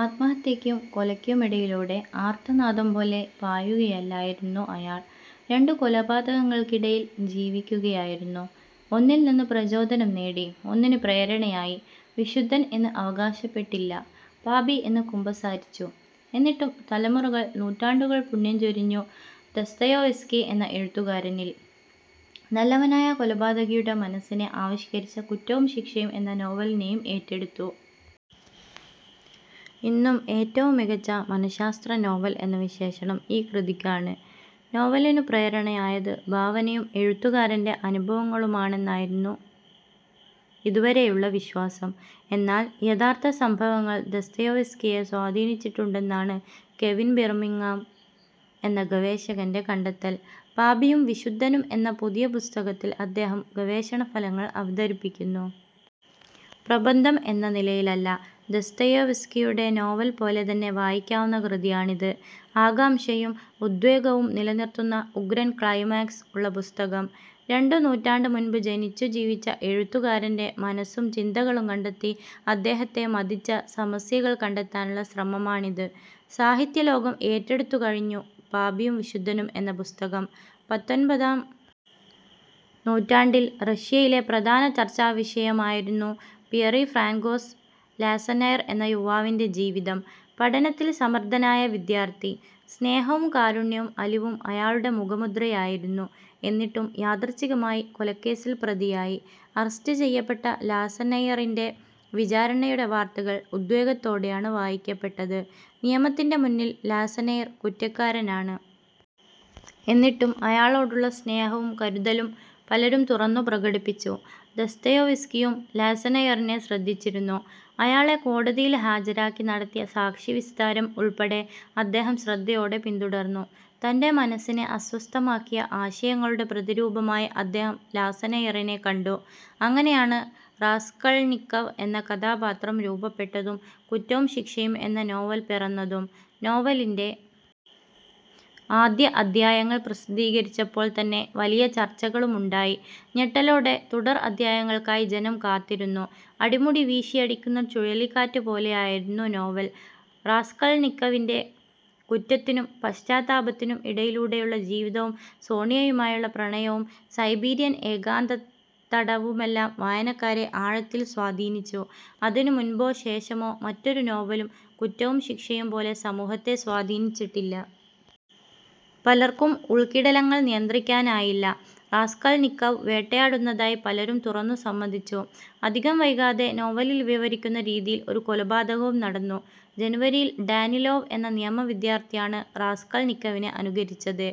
ആത്മഹത്യയ്ക്കും കൊലയ്ക്കുമിടയിലൂടെ ആർത്തനാദം പോലെ പായുകയല്ലായിരുന്നു അയാൾ. രണ്ടു കൊലപാതകങ്ങൾക്കിടയിൽ ജീവിക്കുകയായിരുന്നു. ഒന്നിൽ നിന്ന് പ്രചോദനം നേടി. ഒന്നിന് പ്രേരണയായി. വിശുദ്ധൻ എന്ന് അവകാശപ്പെട്ടില്ല. പാപി എന്ന് കുമ്പസാരിച്ചു. എന്നിട്ടും തലമുറകൾ നൂറ്റാണ്ടുകൾ പുണ്യം ചൊരിഞ്ഞു ദസ്തയേവ്സ്കി എന്ന എഴുത്തുകാരനിൽ. നല്ലവനായ കൊലപാതകിയുടെ മനസ്സിനെ ആവിഷ്കരിച്ച കുറ്റവും ശിക്ഷയും എന്ന നോവലിനെയും ഏറ്റെടുത്തു. ഇന്നും ഏറ്റവും മികച്ച മനഃശാസ്ത്ര നോവൽ എന്ന വിശേഷണം ഈ കൃതിക്കാണ്. നോവലിനു പ്രേരണയായത് ഭാവനയും എഴുത്തുകാരന്റെ അനുഭവങ്ങളുമാണെന്നായിരുന്നു ഇതുവരെയുള്ള വിശ്വാസം. എന്നാൽ യഥാർഥ സംഭവങ്ങൾ ദസ്തയേവ്സ്കിയെ സ്വാധീനിച്ചിട്ടുണ്ടെന്നാണ് കെവിൻ ബിർമിങ്ങാം എന്ന ഗവേഷകന്റെ കണ്ടെത്തൽ. പാപിയും വിശുദ്ധനും എന്ന പുതിയ പുസ്തകത്തിൽ അദ്ദേഹം ഗവേഷണ ഫലങ്ങൾ അവതരിപ്പിക്കുന്നു. പ്രബന്ധം എന്ന നിലയിലല്ല. ദസ്തയേവ്സ്കിയുടെ നോവൽ പോലെ തന്നെ വായിക്കാവുന്ന കൃതിയാണിത്. ആകാംക്ഷയും ഉദ്വേഗവും നിലനിർത്തുന്ന ഉഗ്രൻ ക്ലൈമാക്സ് ഉള്ള പുസ്തകം. രണ്ടു നൂറ്റാണ്ട് മുമ്പ് ജനിച്ചു ജീവിച്ച എഴുത്തുകാരന്റെ മനസ്സും ചിന്തകളും കണ്ടെത്തി അദ്ദേഹത്തെ മഥിച്ച സമസ്യകൾ കണ്ടെത്താനുള്ള ശ്രമമാണിത്. സാഹിത്യലോകം ഏറ്റെടുത്തുകഴിഞ്ഞു പാപിയും വിശുദ്ധനും എന്ന പുസ്തകം. പത്തൊൻപതാം നൂറ്റാണ്ടിൽ റഷ്യയിലെ പ്രധാന ചർച്ചാവിഷയമായിരുന്നു പിയറി ഫ്രാൻകോസ് ലാസനൈർ എന്ന യുവാവിന്റെ ജീവിതം. പഠനത്തിൽ സമർഥനായ വിദ്യാർഥി. സ്നേഹവും കാരുണ്യവും അലിവും അയാളുടെ മുഖമുദ്രയായിരുന്നു. എന്നിട്ടും യാദൃച്ഛികമായി കൊലക്കേസിൽ പ്രതിയായി. അറസ്റ്റ് ചെയ്യപ്പെട്ട ലാസനൈറിന്റെ വിചാരണയുടെ വാർത്തകൾ ഉദ്വേഗത്തോടെയാണ് വായിക്കപ്പെട്ടത്. നിയമത്തിന്റെ മുന്നിൽ ലാസനൈർ കുറ്റക്കാരനാണ്. എന്നിട്ടും അയാളോടുള്ള സ്നേഹവും കരുതലും പലരും തുറന്നുപ്രകടിപ്പിച്ചു. ദസ്തയേവ്സ്കിയും ലാസനൈറിനെ ശ്രദ്ധിച്ചിരുന്നു. അയാളെ കോടതിയിൽ ഹാജരാക്കി നടത്തിയ സാക്ഷിവിസ്താരം ഉൾപ്പെടെ അദ്ദേഹം ശ്രദ്ധയോടെ പിന്തുടർന്നു. തന്റെ മനസ്സിനെ അസ്വസ്ഥമാക്കിയ ആശയങ്ങളുടെ പ്രതിരൂപമായി അദ്ദേഹം ലാസനൈറിനെ കണ്ടു. അങ്ങനെയാണ് റാസ്കൾനിക്കവ് എന്ന കഥാപാത്രം രൂപപ്പെട്ടതും കുറ്റവും ശിക്ഷയും എന്ന നോവൽ പിറന്നതും. നോവലിന്റെ ആദ്യ അധ്യായങ്ങൾ പ്രസിദ്ധീകരിച്ചപ്പോൾ തന്നെ വലിയ ചർച്ചകളുമുണ്ടായി. ഞെട്ടലോടെ തുടർ അധ്യായങ്ങൾക്കായി ജനം കാത്തിരുന്നു. അടിമുടി വീശിയടിക്കുന്ന ചുഴലിക്കാറ്റ് പോലെയായിരുന്നു നോവൽ. റാസ്കൾനിക്കവിന്റെ കുറ്റത്തിനും പശ്ചാത്താപത്തിനും ഇടയിലൂടെയുള്ള ജീവിതവും സോണിയയുമായുള്ള പ്രണയവും സൈബീരിയൻ ഏകാന്തത്തടവുമെല്ലാം വായനക്കാരെ ആഴത്തിൽ സ്വാധീനിച്ചു. അതിനു മുമ്പോ ശേഷമോ മറ്റൊരു നോവലും കുറ്റവും ശിക്ഷയും പോലെ സമൂഹത്തെ സ്വാധീനിച്ചിട്ടില്ല. പലർക്കും ഉൾക്കിടിലങ്ങൾ നിയന്ത്രിക്കാനായില്ല. റാസ്കൾനിക്കവ് വേട്ടയാടുന്നതായി പലരും തുറന്നുസമ്മതിച്ചു. അധികം വൈകാതെ നോവലിൽ വിവരിക്കുന്ന രീതിയിൽ ഒരു കൊലപാതകവും നടന്നു. ജനുവരിയിൽ ഡാനിലോവ് എന്ന നിയമ വിദ്യാർഥിയാണ് റാസ്കൾനിക്കവിനെ അനുകരിച്ചത്.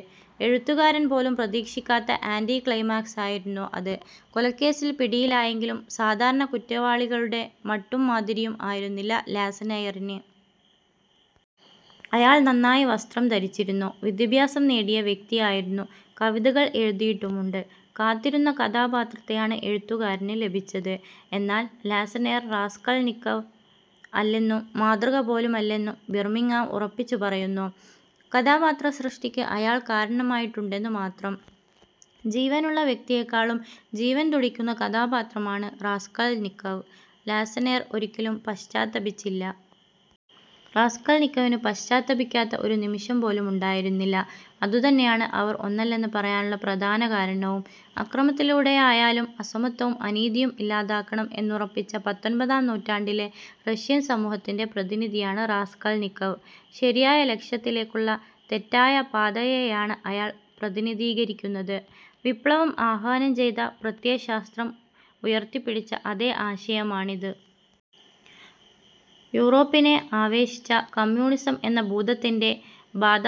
എഴുത്തുകാരൻ പോലും പ്രതീക്ഷിക്കാത്ത ആന്റി ക്ലൈമാക്സായിരുന്നു അത്. കൊലക്കേസിൽ പിടിയിലായെങ്കിലും സാധാരണ കുറ്റവാളികളുടെ മട്ടും മാതിരിയും ആയിരുന്നില്ല ലാസനൈറിന്. അയാൾ നന്നായി വസ്ത്രം ധരിച്ചിരുന്നു. വിദ്യാഭ്യാസം നേടിയ വ്യക്തിയായിരുന്നു. കവിതകൾ എഴുതിയിട്ടുമുണ്ട്. കാത്തിരുന്ന കഥാപാത്രത്തെയാണ് എഴുത്തുകാരന് ലഭിച്ചത്. എന്നാൽ ലാസനൈർ റാസ്കൾനിക്കവ് അല്ലെന്നും മാതൃക പോലുമല്ലെന്നും ബിർമിങ്ങാം ഉറപ്പിച്ചു പറയുന്നു. കഥാപാത്ര സൃഷ്ടിക്ക് അയാൾ കാരണമായിട്ടുണ്ടെന്നു മാത്രം. ജീവനുള്ള വ്യക്തിയേക്കാളും ജീവൻ തുടിക്കുന്ന കഥാപാത്രമാണ് റാസ്കൾനിക്കവ്. ലാസനൈർ ഒരിക്കലും പശ്ചാത്തപിച്ചില്ല. റാസ്കൾനിക്കവിന് പശ്ചാത്തപിക്കാത്ത ഒരു നിമിഷം പോലും ഉണ്ടായിരുന്നില്ല. അതുതന്നെയാണ് അവർ ഒന്നല്ലെന്ന് പറയാനുള്ള പ്രധാന കാരണവും. അക്രമത്തിലൂടെയായാലും അസമത്വവും അനീതിയും ഇല്ലാതാക്കണം എന്നുറപ്പിച്ച പത്തൊൻപതാം നൂറ്റാണ്ടിലെ റഷ്യൻ സമൂഹത്തിന്റെ പ്രതിനിധിയാണ് റാസ്കൾനിക്കവ്. ശരിയായ ലക്ഷ്യത്തിലേക്കുള്ള തെറ്റായ പാതയെയാണ് അയാൾ പ്രതിനിധീകരിക്കുന്നത്. വിപ്ലവം ആഹ്വാനം ചെയ്ത പ്രത്യയശാസ്ത്രം ഉയർത്തിപ്പിടിച്ച അതേ ആശയമാണിത്. യൂറോപ്പിനെ ആവേശിച്ച കമ്മ്യൂണിസം എന്ന ഭൂതത്തിന്റെ ബാധ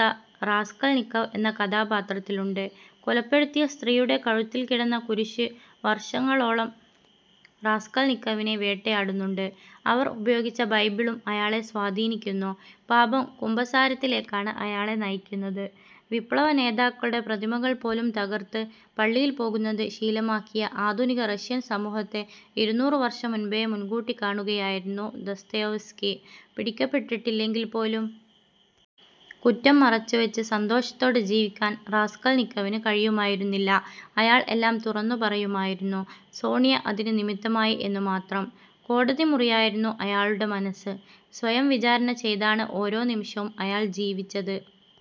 റാസ്കൾനിക്കവ് എന്ന കഥാപാത്രത്തിലുണ്ട്. കൊലപ്പെടുത്തിയ സ്ത്രീയുടെ കഴുത്തിൽ കിടന്ന കുരിശ് വർഷങ്ങളോളം റാസ്കൾനിക്കവിനെ വേട്ടയാടുന്നുണ്ട്. അവർ ഉപയോഗിച്ച ബൈബിളും അയാളെ സ്വാധീനിക്കുന്നു. പാപം കുമ്പസാരത്തിലേക്കാണ് അയാളെ നയിക്കുന്നത്. വിപ്ലവനേതാക്കളുടെ പ്രതിമകൾ പോലും തകർത്ത് പള്ളിയിൽ പോകുന്നത് ശീലമാക്കിയ ആധുനിക റഷ്യൻ സമൂഹത്തെ ഇരുനൂറ് വർഷം മുമ്പേ മുൻകൂട്ടി കാണുകയായിരുന്നു ദസ്തയേവ്സ്കി. പിടിക്കപ്പെട്ടില്ലെങ്കിൽപ്പോലും കുറ്റം മറച്ചുവച്ച് സന്തോഷത്തോടെ ജീവിക്കാൻ റാസ്കൾനിക്കവിന് കഴിയുമായിരുന്നില്ല. അയാൾ എല്ലാം തുറന്നുപറയുമായിരുന്നു. സോണിയ അതിന് നിമിത്തമായി എന്നു മാത്രം. കോടതിമുറിയായിരുന്നു അയാളുടെ മനസ്സ്. സ്വയം വിചാരണ ചെയ്താണ് ഓരോ നിമിഷവും അയാൾ ജീവിച്ചത്.